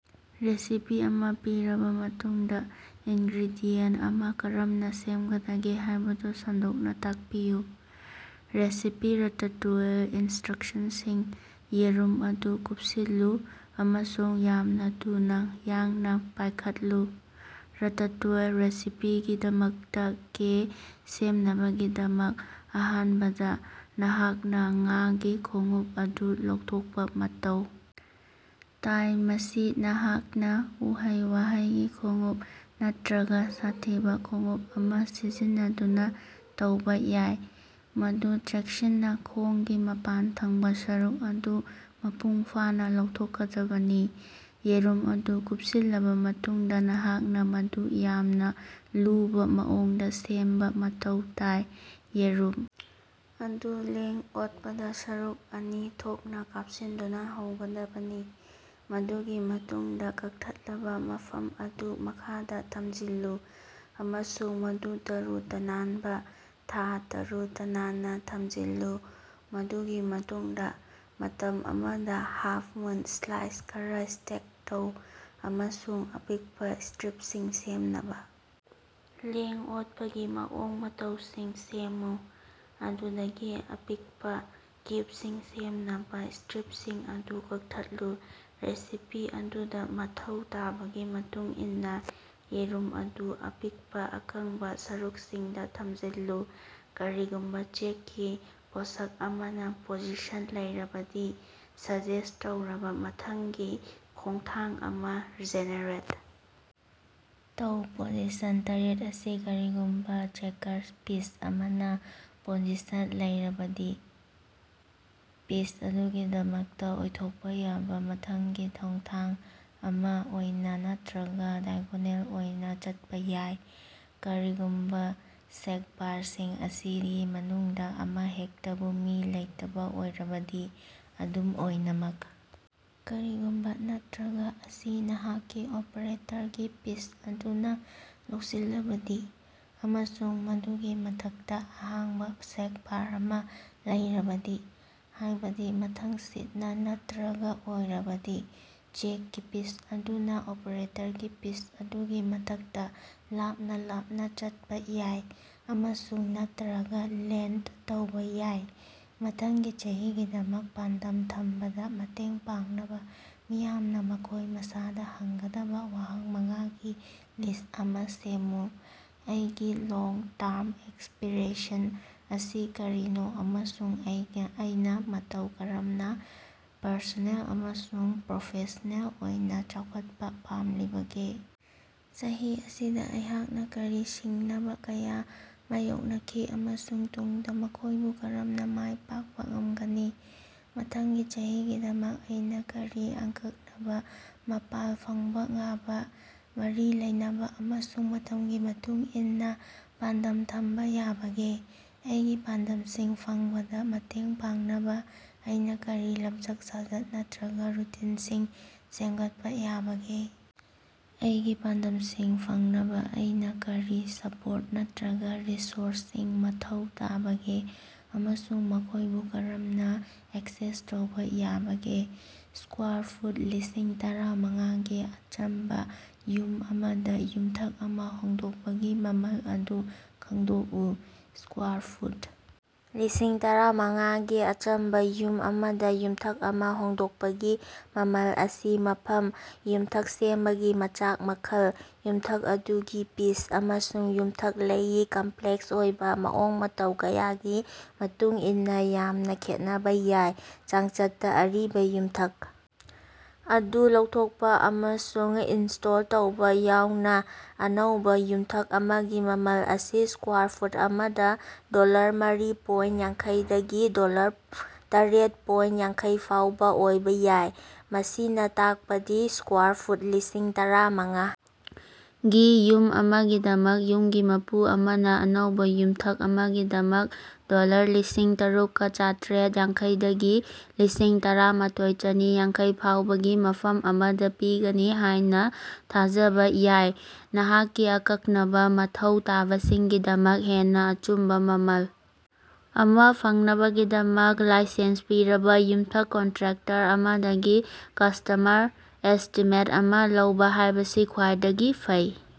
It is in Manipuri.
ꯔꯦꯁꯤꯄꯤ ꯑꯃ ꯄꯤꯔꯕ ꯃꯇꯨꯡꯗ, ꯏꯉ꯭ꯔꯦꯗꯤꯌꯦꯟꯠ ꯑꯃ ꯀꯔꯝꯅ ꯁꯦꯝꯒꯗꯒꯦ ꯍꯥꯏꯕꯗꯨ ꯁꯟꯗꯣꯛꯅ ꯇꯥꯛꯄꯤꯌꯨ꯫ ꯔꯦꯁꯤꯄꯤ ꯔꯥꯇꯥꯇꯣꯏꯜ ꯏꯟꯁꯇ꯭ꯔꯛꯁꯟꯁꯤꯡ ꯌꯦꯔꯨꯝ ꯑꯗꯨ ꯀꯨꯞꯁꯤꯜꯂꯨ ꯑꯃꯁꯨꯡ ꯌꯥꯝꯅ ꯊꯨꯅꯥ ꯌꯥꯡꯅ ꯄꯥꯏꯈꯠꯂꯨ꯫ ꯔꯥꯇꯥꯇꯣꯏꯜ ꯔꯦꯁꯤꯄꯤꯒꯤꯗꯃꯛꯇ ꯀꯦ ꯁꯦꯝꯅꯕꯒꯤꯗꯃꯛ, ꯑꯍꯥꯟꯕꯗ ꯅꯍꯥꯛꯅ ꯉꯥꯒꯤ ꯈꯣꯡꯎꯞ ꯑꯗꯨ ꯂꯧꯊꯣꯛꯄ ꯃꯊꯧ ꯇꯥꯏ꯫ ꯃꯁꯤ ꯅꯍꯥꯛꯅ ꯎꯍꯩ-ꯋꯥꯍꯩꯒꯤ ꯈꯣꯡꯎꯞ ꯅꯠꯇꯔꯒꯥ ꯁꯥꯊꯤꯕ ꯈꯣꯡꯎꯞ ꯑꯃ ꯁꯤꯖꯤꯟꯅꯗꯨꯅ ꯇꯧꯕ ꯌꯥꯏ, ꯃꯗꯨ ꯆꯦꯛꯁꯤꯟꯅ ꯈꯣꯡꯒꯤ ꯃꯄꯥꯟꯊꯪꯕꯥ ꯁꯔꯨꯛ ꯑꯗꯨ ꯃꯄꯨꯡꯐꯥꯅ ꯂꯧꯊꯣꯛꯀꯗꯕꯅꯤ꯫ ꯌꯦꯔꯨꯝ ꯑꯗꯨ ꯀꯨꯄꯁꯤꯜꯂꯕ ꯃꯇꯨꯡꯗ, ꯅꯍꯥꯛꯅ ꯃꯗꯨ ꯌꯥꯝꯅ ꯂꯨꯕ ꯃꯑꯣꯡꯗ ꯁꯦꯝꯕ ꯃꯊꯧ ꯇꯥꯏ꯫ ꯌꯦꯔꯨꯝ ꯑꯗꯨ ꯂꯦꯡ-ꯑꯣꯠꯄꯗꯥ ꯁꯔꯨꯛ ꯑꯅꯤ ꯊꯣꯛꯅ ꯀꯥꯞꯁꯤꯟꯗꯨꯅ ꯍꯧꯒꯗꯕꯅꯤ, ꯃꯗꯨꯒꯤ ꯃꯇꯨꯡꯗ ꯀꯛꯊꯠꯂꯕ ꯃꯐꯝ ꯑꯗꯨ ꯃꯈꯥꯗ ꯊꯝꯖꯤꯜꯂꯨ ꯑꯃꯁꯨꯡ ꯃꯗꯨ ꯇꯥꯔꯨ-ꯇꯅꯥꯟꯕꯥ ꯊꯥ ꯇꯔꯨ-ꯇꯅꯥꯟꯅꯥ ꯊꯝꯖꯤꯜꯂꯨ꯫ ꯃꯗꯨꯒꯤ ꯃꯇꯨꯡꯗ, ꯃꯇꯝ ꯑꯃꯗ ꯍꯥꯐ-ꯃꯨꯟ ꯁ꯭ꯂꯥꯏꯁ ꯈꯔ ꯁ꯭ꯇꯦꯛ ꯇꯧ ꯑꯃꯁꯨꯡ ꯑꯄꯤꯛꯄ ꯁ꯭ꯇꯔꯤꯄꯁꯤꯡ ꯁꯦꯝꯅꯕ ꯂꯦꯡ-ꯑꯣꯠꯄꯒꯤ ꯃꯑꯣꯡ-ꯃꯇꯧꯁꯤꯡ ꯁꯦꯝꯃꯨ꯫ ꯑꯗꯨꯗꯒꯤ ꯑꯄꯤꯛꯄ ꯀ꯭꯭ꯌꯨꯕꯁꯤꯡ ꯁꯦꯝꯅꯕꯥ ꯁ꯭ꯇꯔꯤꯞꯁꯤꯡ ꯑꯗꯨ ꯀꯛꯊꯠꯂꯨ꯫ ꯔꯦꯁꯤꯄꯤ ꯑꯗꯨꯗ ꯃꯊꯧ ꯇꯥꯕꯒꯤ ꯃꯇꯨꯡꯏꯟꯅꯥ, ꯌꯦꯔꯨꯝ ꯑꯗꯨ ꯑꯄꯤꯛꯄ, ꯑꯀꯪꯕ ꯁꯔꯨꯛꯁꯤꯡꯗ ꯊꯝꯖꯤꯜꯂꯨ꯫ ꯀꯔꯤꯒꯨꯝꯕ ꯆꯦꯛꯀꯤ ꯄꯣꯠꯁꯛ ꯑꯃꯅ ꯄꯣꯖꯤꯁꯟ ꯂꯩꯔꯕꯗꯤ ꯁꯖꯦꯁ꯭ꯠ ꯇꯧꯔꯕꯥ ꯃꯊꯪꯒꯤ ꯈꯣꯡꯊꯥꯡ ꯑꯃꯥ ꯖꯦꯅꯦꯔꯦꯠ ꯇꯧ꯫ ꯄꯣꯖꯤꯁꯟ ꯇꯔꯦꯠ ꯑꯁꯤ ꯀꯔꯤꯒꯨꯝꯕ ꯆꯦꯀꯔ ꯄꯤꯁ ꯑꯃꯅ ꯄꯣꯖꯤꯁꯟ ꯂꯩꯔꯕꯗꯤ, ꯄꯤꯁ ꯑꯗꯨꯒꯤꯗꯃꯛꯇ ꯑꯣꯏꯊꯣꯛꯄ ꯌꯥꯕꯥ ꯃꯊꯪꯒꯤ ꯈꯣꯡꯊꯥꯡ ꯑꯃ ꯑꯣꯏꯅꯥ ꯅꯠꯇꯔꯒ ꯗꯥꯏꯒꯣꯅꯦꯜ ꯑꯣꯏꯅ ꯆꯠꯄ ꯌꯥꯏ, ꯀꯔꯤꯒꯨꯝꯕ ꯁ꯭ꯛꯕꯥꯔꯁꯤꯡ ꯑꯁꯤꯒꯤ ꯃꯅꯨꯡꯗ ꯑꯃꯍꯦꯛꯇꯕꯨ ꯃꯤ ꯂꯩꯇꯕꯥ ꯑꯣꯏꯔꯕꯗꯤ꯫ ꯑꯗꯨꯝ ꯑꯣꯏꯅꯃꯛ, ꯀꯔꯤꯒꯨꯝꯕꯥ ꯅꯠꯇꯔꯒ ꯑꯁꯤ ꯅꯍꯥꯛꯀꯤ ꯑꯣꯄ꯭ꯔꯦꯇꯔꯒꯤ ꯄꯤꯁ ꯑꯗꯨꯅꯥ ꯂꯧꯁꯤꯜꯂꯕꯗꯤ, ꯑꯃꯁꯨꯡ ꯃꯗꯨꯒꯤ ꯃꯊꯛꯇꯥ ꯑꯍꯥꯡꯕ ꯁ꯭ꯛꯕꯥꯔ ꯑꯃ ꯂꯩꯔꯕꯗꯤ, ꯍꯥꯏꯕꯗꯤ ꯃꯊꯪꯁꯤꯠꯅ ꯅꯠꯇꯔꯒ ꯑꯣꯏꯔꯕꯗꯤ, ꯆꯦꯛꯀꯤ ꯄꯤꯁ ꯑꯗꯨꯅ ꯑꯣꯄ꯭ꯔꯦꯇꯔꯒꯤ ꯄꯤꯁ ꯑꯗꯨꯒꯤ ꯃꯊꯛꯇ ꯂꯥꯞꯅ ꯂꯥꯞꯅ ꯆꯠꯄ ꯌꯥꯏ, ꯑꯃꯁꯨꯡ ꯅꯠꯇꯔꯒ ꯂꯦꯟꯗ ꯇꯧꯕ ꯌꯥꯏ꯫ ꯃꯊꯪꯒꯤ ꯆꯍꯤꯒꯤꯗꯃꯛ ꯄꯥꯟꯗꯝ ꯊꯝꯕꯗꯥ ꯃꯇꯦꯡ ꯄꯥꯡꯅꯕ ꯃꯤꯌꯥꯝꯅ ꯃꯈꯣꯏ ꯃꯁꯥꯗ ꯍꯪꯒꯗꯕ ꯋꯥꯍꯪ ꯃꯉꯥꯒꯤ ꯂꯤꯁ꯭ꯠ ꯑꯃ ꯁꯦꯝꯃꯨ꯫ ꯑꯩꯒꯤ ꯂꯣꯡ ꯇꯥꯔ꯭ꯝ ꯑꯦꯁ꯭ꯄꯤꯔꯦꯁꯟ ꯁꯤꯡ ꯀꯔꯤꯅꯣ ꯑꯃꯁꯨꯡ ꯑꯩꯅ ꯃꯇꯧ ꯀꯔꯝꯅ ꯄ꯭ꯔꯁꯣꯅꯦꯜ ꯑꯃꯁꯨꯡ ꯄ꯭꯭ꯔꯣꯐꯦꯁ꯭ꯅꯦꯜ ꯑꯣꯏꯅ ꯆꯥꯎꯈꯠꯄ ꯄꯥꯝꯂꯤꯕꯒꯦ? ꯆꯍꯤ ꯑꯁꯤꯗ ꯑꯩꯍꯥꯛꯅ ꯀꯔꯤ ꯁꯤꯡꯅꯕ ꯀꯌꯥ ꯃꯥꯌꯣꯛꯅꯈꯤ ꯑꯃꯁꯨꯡ ꯇꯨꯡꯗ ꯃꯈꯣꯏꯕꯨ ꯀꯔꯝꯅ ꯃꯥꯏ ꯄꯥꯛꯄ ꯉꯝꯒꯅꯤ? ꯃꯊꯪꯒꯤ ꯆꯍꯤꯒꯤꯗꯃꯛ ꯑꯩꯅ ꯀꯔꯤ ꯑꯀꯛꯅꯕ, ꯃꯥꯄꯜ, ꯐꯪꯕꯥ ꯌꯥꯕꯥ, ꯃꯔꯤ ꯂꯩꯅꯕ ꯑꯃꯁꯨꯡ ꯃꯇꯝꯒꯤ ꯃꯇꯨꯡ ꯏꯟꯅ ꯄꯥꯟꯗꯝ ꯊꯝꯕ ꯌꯥꯕꯒꯦ? ꯑꯩꯒꯤ ꯄꯥꯟꯗꯝꯁꯤꯡ ꯐꯪꯕꯗ ꯃꯇꯦꯡ ꯄꯥꯡꯅꯕ ꯑꯩꯅ ꯀꯔꯤ ꯂꯝꯆꯠ-ꯁꯥꯖꯠ ꯅꯠꯇꯔꯒ ꯔꯨꯇꯤꯟꯁꯤꯡ ꯁꯦꯝꯒꯠꯄꯥ ꯌꯥꯕꯒꯦ? ꯑꯩꯒꯤ ꯄꯥꯟꯗꯝꯁꯤꯡ ꯐꯪꯅꯕ ꯑꯩꯅ ꯀꯔꯤ ꯁ꯭ꯄꯣꯔꯠ ꯅꯠꯇꯔꯒ ꯔꯤꯁꯣꯔꯁ ꯁꯤꯡ ꯃꯊꯧ ꯇꯥꯕꯒꯦ ꯑꯃꯁꯨꯡ ꯃꯈꯣꯏꯕꯨ ꯀꯔꯝꯅ ꯑꯦꯛꯁꯦꯁ ꯇꯧꯕ ꯌꯥꯕꯒꯦ? ꯁ꯭ꯋꯥꯔ ꯐꯨꯠ ꯂꯤꯁꯤꯡ ꯇꯥꯔꯥ ꯃꯉꯥꯒꯤ ꯑꯆꯝꯕꯥ ꯌꯨꯝ ꯑꯃꯗ ꯌꯨꯝꯊꯛ ꯑꯃ ꯍꯣꯡꯗꯣꯛꯄꯒꯤ ꯃꯃꯜ ꯑꯗꯨ ꯈꯪꯗꯣꯛꯎ꯫ ꯁ꯭ꯋꯥꯔ ꯐꯨꯠ ꯂꯤꯁꯤꯡ ꯇꯥꯔꯥ ꯃꯉꯥꯒꯤ ꯑꯆꯝꯕ ꯌꯨꯝ ꯑꯃꯗ ꯌꯨꯝꯊꯛ ꯑꯃ ꯍꯣꯡꯗꯣꯛꯄꯒꯤ ꯃꯃꯜ ꯑꯁꯤ ꯃꯐꯝ, ꯌꯨꯝꯊꯛ ꯁꯦꯝꯕꯒꯤ ꯃꯆꯥꯛ ꯃꯈꯜ, ꯌꯨꯝꯊꯛ ꯑꯗꯨꯒꯤ ꯄꯤꯆ, ꯑꯃꯁꯨꯡ ꯌꯨꯝꯊꯛ ꯂꯥꯏꯉꯤ ꯀꯝꯄ꯭ꯂꯦꯛꯁ ꯑꯣꯏꯕꯥ ꯃꯑꯣꯡ-ꯃꯇꯧ ꯀꯌꯥꯒꯤ ꯃꯇꯨꯡꯏꯟꯅꯥ ꯌꯥꯡꯅ ꯈꯦꯠꯅꯕ ꯌꯥꯏ꯫ ꯆꯥꯡꯆꯠꯇ, ꯑꯔꯤꯕ ꯌꯨꯝꯊꯛ ꯑꯗꯨ ꯂꯧꯊꯣꯛꯄ ꯑꯃꯁꯨꯡ ꯏꯟꯁꯇꯣꯜ ꯇꯧꯕ ꯌꯥꯎꯅ ꯑꯅꯧꯕ ꯌꯨꯝꯊꯛ ꯑꯃꯒꯤ ꯃꯃꯜ ꯑꯁꯤ ꯁ꯭ꯋꯥꯔ ꯐꯨꯠ ꯑꯃꯗ ꯗꯣꯂꯔ ꯃꯔꯤ ꯄꯣꯏꯟ ꯌꯥꯡꯈꯩ ꯗꯒꯤ ꯗꯣꯂꯔ ꯇꯔꯦꯠ ꯄꯣꯏꯟ ꯌꯥꯡꯈꯩ ꯐꯥꯎꯕ ꯑꯣꯏꯕ ꯌꯥꯏ꯫ ꯃꯁꯤꯅ ꯇꯥꯛꯄꯗꯤ ꯁ꯭ꯋꯥꯔ ꯐꯨꯠ ꯂꯤꯁꯤꯡ ꯇꯥꯔꯥ ꯃꯉꯥ ꯒꯤ ꯌꯨꯝ ꯑꯃꯒꯤꯗꯃꯛ, ꯌꯨꯝꯒꯤ ꯃꯄꯨ ꯑꯃꯅ ꯑꯅꯧꯕꯥ ꯌꯨꯝꯊꯛ ꯑꯃꯒꯤꯗꯃꯛ ꯗꯣꯂꯔ ꯂꯤꯁꯤꯡ ꯇꯔꯨꯛꯀꯥ ꯆꯥꯇ꯭꯭ꯔꯦꯠ ꯌꯥꯡꯈꯩꯗꯒꯤ ꯂꯤꯁꯤꯡ ꯇꯥꯔꯥ ꯃꯥꯊꯣꯏ ꯆꯥꯅꯤ ꯌꯥꯡꯈꯩ ꯐꯥꯎꯕꯒꯤ ꯃꯐꯝ ꯑꯃꯗ ꯄꯤꯒꯅꯤ ꯍꯥꯏꯅ ꯊꯥꯖꯕꯥ ꯌꯥꯏ꯫ ꯅꯍꯥꯛꯀꯤ ꯑꯀꯛꯅꯕꯥ ꯃꯊꯧ ꯇꯥꯕꯁꯤꯡꯒꯤꯗꯃꯛ ꯍꯦꯟꯅꯥ ꯑꯆꯨꯝꯕꯥ ꯃꯃꯜ ꯑꯃꯥ ꯐꯪꯅꯕꯒꯤꯗꯃꯛ ꯂꯥꯏꯁꯦꯟꯁ ꯄꯤꯔꯕꯥ ꯌꯨꯝꯊꯛ ꯀꯟꯇ꯭ꯔꯦꯛꯇꯔ ꯑꯃꯗꯒꯤ ꯀꯁ꯭ꯇꯃꯔ ꯑꯦꯁ꯭ꯇꯤꯃꯦꯠ ꯑꯃ ꯂꯧꯕ ꯍꯥꯏꯕꯁꯤ ꯈ꯭ꯋꯥꯏꯗꯒꯤ ꯐꯩ꯫